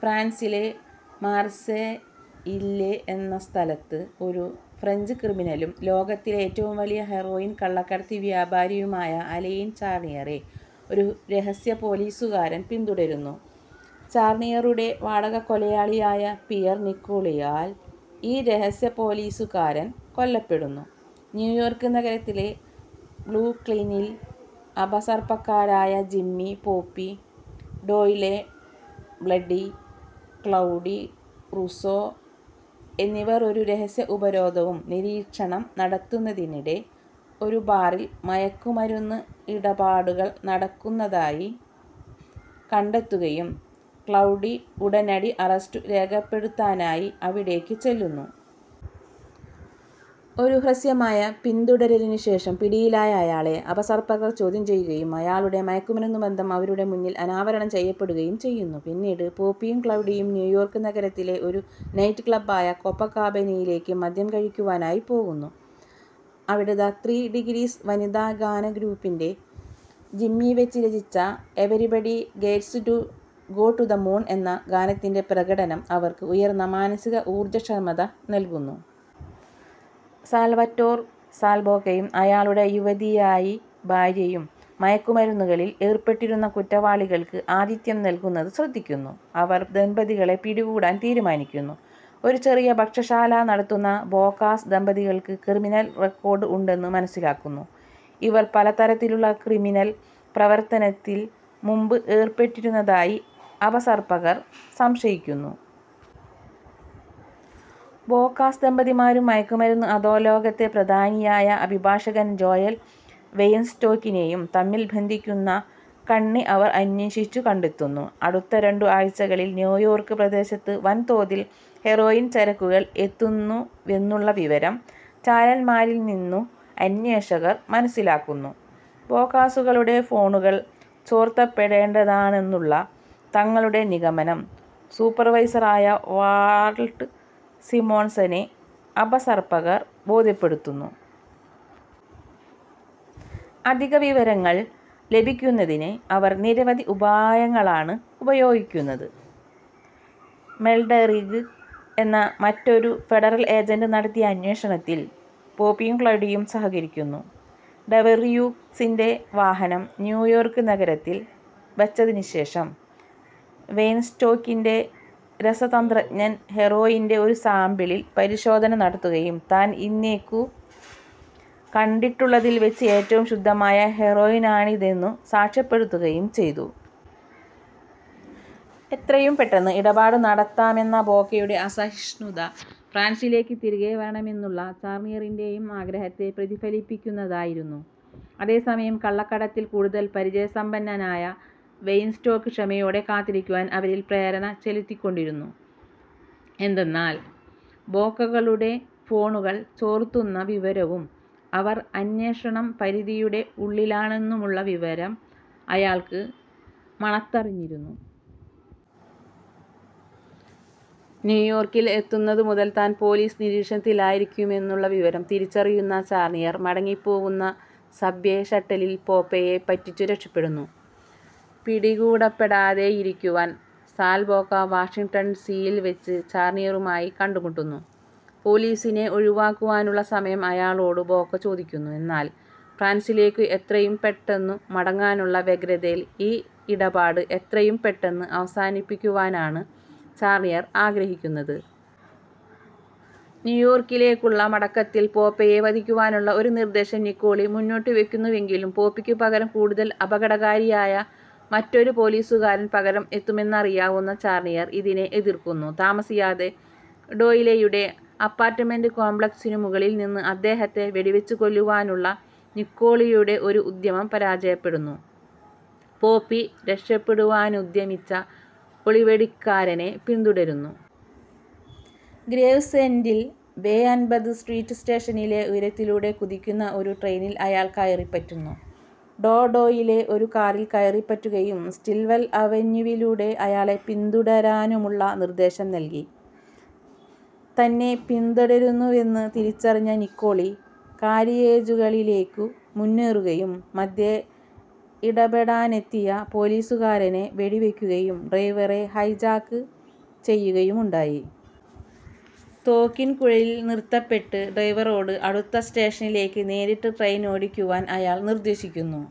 ഫ്രാൻസിലെ മാർസെയില്ലെ എന്ന സ്ഥലത്ത് ഒരു ഫ്രഞ്ച് ക്രിമിനലും ലോകത്തിലെ ഏറ്റവും വലിയ ഹെറോയിൻ കള്ളക്കടത്തു വ്യാപാരിയുമായ അലൈൻ ചാർണിയറെ ഒരു രഹസ്യപ്പോലീസുകാരൻ പിന്തുടരുന്നു. ചാർണിയറുടെ വാടകക്കൊലയാളിയായ പിയർ നിക്കോളിയാൽ ഈ രഹസ്യ പോലീസുകാരൻ കൊല്ലപ്പെടുന്നു. ന്യൂയോർക്ക് നഗരത്തിലെ ബ്രൂക്ലിനിൽ അപസർപ്പകരായ Jimmy "Popeye" Doyle, Buddy "Cloudy Russo എന്നിവർ ഒരു രഹസ്യ ഉപരോധവും നിരീക്ഷണം നടത്തുന്നതിനിടെ ഒരു ബാറിൽ മയക്കു മരുന്ന് ഇടപാടുകൾ നടക്കുന്നതായി കണ്ടെത്തുകയും ക്ലൗഡി ഉടനടി അറസ്റ്റു രേഖപ്പെടുത്താനായി അവിടേയ്ക്കു ചെല്ലുന്നു. ഒരു ഹ്രസ്വമായ പിന്തുടരലിനുശേഷം പിടിയിലായ അയാളെ അപസർപ്പകർ ചോദ്യം ചെയ്യുകയും അയാളുടെ മയക്കുമരുന്നുബന്ധം അവരുടെ മുന്നിൽ അനാവരണം ചെയ്യപ്പെടുകയും ചെയ്യുന്നു. പിന്നീട്, പോപ്പിയും ക്ലൗഡിയും ന്യൂയോർക്ക് നഗരത്തിലെ ഒരു നൈറ്റ് ക്ലബ്ബായ കൊപ്പക്കാബനയിലേയ്ക്ക് മദ്യം കഴിക്കുവാനായി പോകുന്നു. അവിടെ 'ദ ത്രീ ഡിഗ്രീസ്' വനിതാ ഗാനട്രൂപ്പിൻ്റെ ജിമ്മി വെജ്ജ് രചിച്ച "everybody gets to go to the moon" എന്ന ഗാനത്തിൻ്റെ പ്രകടനം അവർക്ക് ഉയർന്ന മാനസിക ഊർജ്ജക്ഷമത നൽകുന്നു. സാൽവറ്റോർ "സാൽ" ബോക്കയും അയാളുടെ യുവതിയായി ഭാര്യയും മയക്കുമരുന്നുകളിൽ ഏർപ്പെട്ടിരുന്ന കുറ്റവാളികൾക്ക് ആതിഥ്യം നൽകുന്നത് ശ്രദ്ധിക്കുന്നു. അവർ ദമ്പതികളെ പിടികൂടാൻ തീരുമാനിക്കുന്നു. ഒരു ചെറു ഭക്ഷശാല നടത്തുന്ന ബോക്കാസ് ദമ്പതികൾക്ക് ക്രിമിനൽ റെക്കോർഡ് ഉണ്ടെന്നു മനസ്സിലാക്കുന്നു. ഇവർ പല തരത്തിലുള്ള ക്രിമിനൽ പ്രവർത്തനത്തിൽ മുമ്പ് ഏർപ്പെട്ടിരുന്നതായി അപസർപ്പകർ സംശയിക്കുന്നു. ബോക്കാസ് ദമ്പതിമാരും മയക്കു മരുന്ന് അധോലോകത്തെ പ്രധാനിയായ അഭിഭാഷകൻ ജോയൽ വെയ്ൻസ്റ്റോക്കിനേയും തമ്മിൽ ബന്ധിപ്പിക്കുന്ന കണ്ണി അവർ അന്വേഷിച്ചു കണ്ടെത്തുന്നു. അടുത്ത രണ്ടു ആഴ്ചകളിൽ ന്യൂയോർക്ക് പ്രദേശത്ത് വൻതോതിൽ ഹെറോയിൻ ചരക്കുകൾ എത്തുന്നുവെന്നുള്ള വിവരം ചാരന്മാരിൽനിന്നു അന്വേഷകർ മനസ്സിലാക്കുന്നു. ബോക്കാസുകളുടെ ഫോണുകൾ ചോർത്തപ്പേടേണ്ടതാണെന്നുള്ള തങ്ങളുടെ നിഗമനം സൂപ്പർവൈസറായ വാൾട്ട് സിമോൺസനെ അപസർപ്പകർ ബോധ്യപ്പെടുത്തുന്നു. അധിക വിവരങ്ങൾ ലഭിക്കുന്നതിന് അവർ നിരവധി ഉപായങ്ങളാണ് പ്രയോഗിക്കുന്നത്. മൽഡെറിഗ് എന്ന മറ്റൊരു ഫെഡറൽ ഏജൻ്റ് നടത്തിയ അന്വേഷണത്തിൽ പോപ്പിയും ക്ലൗഡിയും സഹകരിക്കുന്നു. ഡെവെറ്യൂക്സിൻ്റെ വാഹനം ന്യയോർക്ക് നഗരത്തിൽ എത്തിച്ചതിനു ശേഷം വെയിൻസ്റ്റോക്കിൻ്റെ രസതന്ത്രജ്ഞൻ ഹെറോയിൻ്റെ ഒരു സാമ്പിളിൽ പരിശോധന നടത്തുകയും താൻ ഇന്നേയ്ക്കു കണ്ടിട്ടുള്ളതിൽവച്ച് ഏറ്റവും ശുദ്ധമായ ഹെറോയിനാണിതെന്നു സാക്ഷ്യപ്പെടുത്തുകയും ചെയ്തു. എത്രയും പെട്ടെന്ന് ഇടപാടു നടത്തമെന്ന ബോക്കയുടെ അസഹിഷ്ണുത ഫ്രാൻസിലേയ്ക്ക് തിരികെ വരണമെന്നുള്ള ചാർണിയറിൻ്റെയും ആഗ്രഹത്തെ പ്രതിഫലിപ്പിക്കുന്നതായിരുന്നു. അതേസമയം കള്ളക്കടത്തിൽ കൂടുതൽ പരിചയസമ്പന്നനായ വെയിൻസ്റ്റോക്ക് ക്ഷമയോടെ കാത്തിരിക്കുവാൻ അവരിൽ പ്രേരണ ചെലുത്തിക്കൊണ്ടിരുന്നു, എന്തന്നാൽ ബോക്കകളുടെ ഫോണുകൾ ചോർത്തുന്ന വിവരവും അവർ അന്വേഷണം പരിധിയുടെ ഉള്ളിലാണെന്നുമുള്ള വിവരം അയാൾക്ക് മണത്തറിഞ്ഞിരുന്നു. ന്യൂയോർക്കിൽ എത്തുന്നതു മുതൽ താൻ പോലീസ് നിരീക്ഷണത്തിലായിരിക്കുമെന്നുള്ള വിവരം തിരിച്ചറിയുന്ന ചാർണിയർ മടങ്ങിപ്പോകുന്ന സബ്വേ ഷട്ടലിൽ പോപ്പെയെ പറ്റിച്ചു രക്ഷപെടുന്നു. പിടികൂടപ്പെടാതെയിരിക്കുവാൻ സാൽ ബോക്ക വാഷിംഗ്ടൺ ഡി. സിയിൽവച്ച് ചാർണിയറുമായി കണ്ടുമുട്ടുന്നു. പോലീസിനെ ഒഴിവാക്കാനുള്ള സമയം അയാളോടു ബോക്കാ ചോദിക്കുന്നു. എന്നാൽ ഫ്രാൻസിലേയക്കു എത്രയും പെട്ടെന്നു മടങ്ങാനുള്ള വ്യഗ്രതയിൽ ഈ ഇടപാട് എത്രയും പെട്ടെന്നു അവസാനിപ്പിക്കുവാനാണ് ചാർണിയർ ആഗ്രഹിക്കുന്നത്. ന്യൂയോർക്കിലേക്കുള്ള മടക്കത്തിൽ പോപ്പേയെ വധിക്കുവാനുള്ള ഒരു നിർദ്ദേശം നിക്കോളി മുന്നോട്ടുവയക്കുന്നുവെങ്കിലും പോപ്പിയ്ക്കു പകരം കൂടുതൽ അപകടകാരിയായ മറ്റൊരു പോലീസുകാരൻ പകരം എത്തുമെന്നറിയാവുന്ന ചാർണിയർ ഇതിനെ എതിർക്കുന്നു. താമസിയാതെ, ഡോയിലെയുടെ അപ്പാർട്ടമെനൻ്റ് കോംപ്ലക്സിനു മുകളിൽനിന്ന് അദ്ദേഹത്തെ വെടിവച്ചു കൊല്ലുവാനുള്ള നിക്കോളിയുടെ ഒരു ഉദ്യമം പരാജയപ്പെടുന്നു. പോപ്പി രക്ഷപെടുവാനുദ്യമിച്ച ഒളിവെടിക്കാരനെ പിന്തുടരുന്നു. ഗ്രേവ്സ്എൻ്റിൽ, ബേ അൻപത് സ്ട്രീറ്റ് സ്റ്റേഷനിലെ ഉയരത്തിലൂടെ കുതിക്കുന്ന ഒരു ട്രെയിനിൽ അയാൾ കയറിപ്പറ്റുന്നു. ഡോ ഡോയിലെ ഒരു കാറിൽ കയറിപ്പറ്റുകയും സ്റ്റിൽവെൽ അവന്യൂവിലൂടെ അയാളെ പിന്തുടരാനുമുള്ള നിർദ്ദേശം നൽകി. തന്നെ പിന്തുടരുന്നുവെന്നു തിരിച്ചറിഞ്ഞ നിക്കോളി, കാരിയേജുകളിലേയ്ക്കു മുന്നേറുകയും മദ്ധ്യേ ഇടപെടാനെത്തിയ പോലീസുകാരനെ വെടിവയ്ക്കുകയും ഡ്രൈവറെ ഹൈജാക്ക് ചെയ്യുകയുമുണ്ടായി. തോക്കിൻ കുഴലിൽ നിർത്തപ്പെട്ട് ഡ്രൈവറോട് അടുത്ത സ്റ്റേഷനിലേയ്ക്ക് നേരിട്ട് ട്രെയിനോടിക്കുവാൻ അയാൾ നിർദ്ദേശിക്കുന്നു.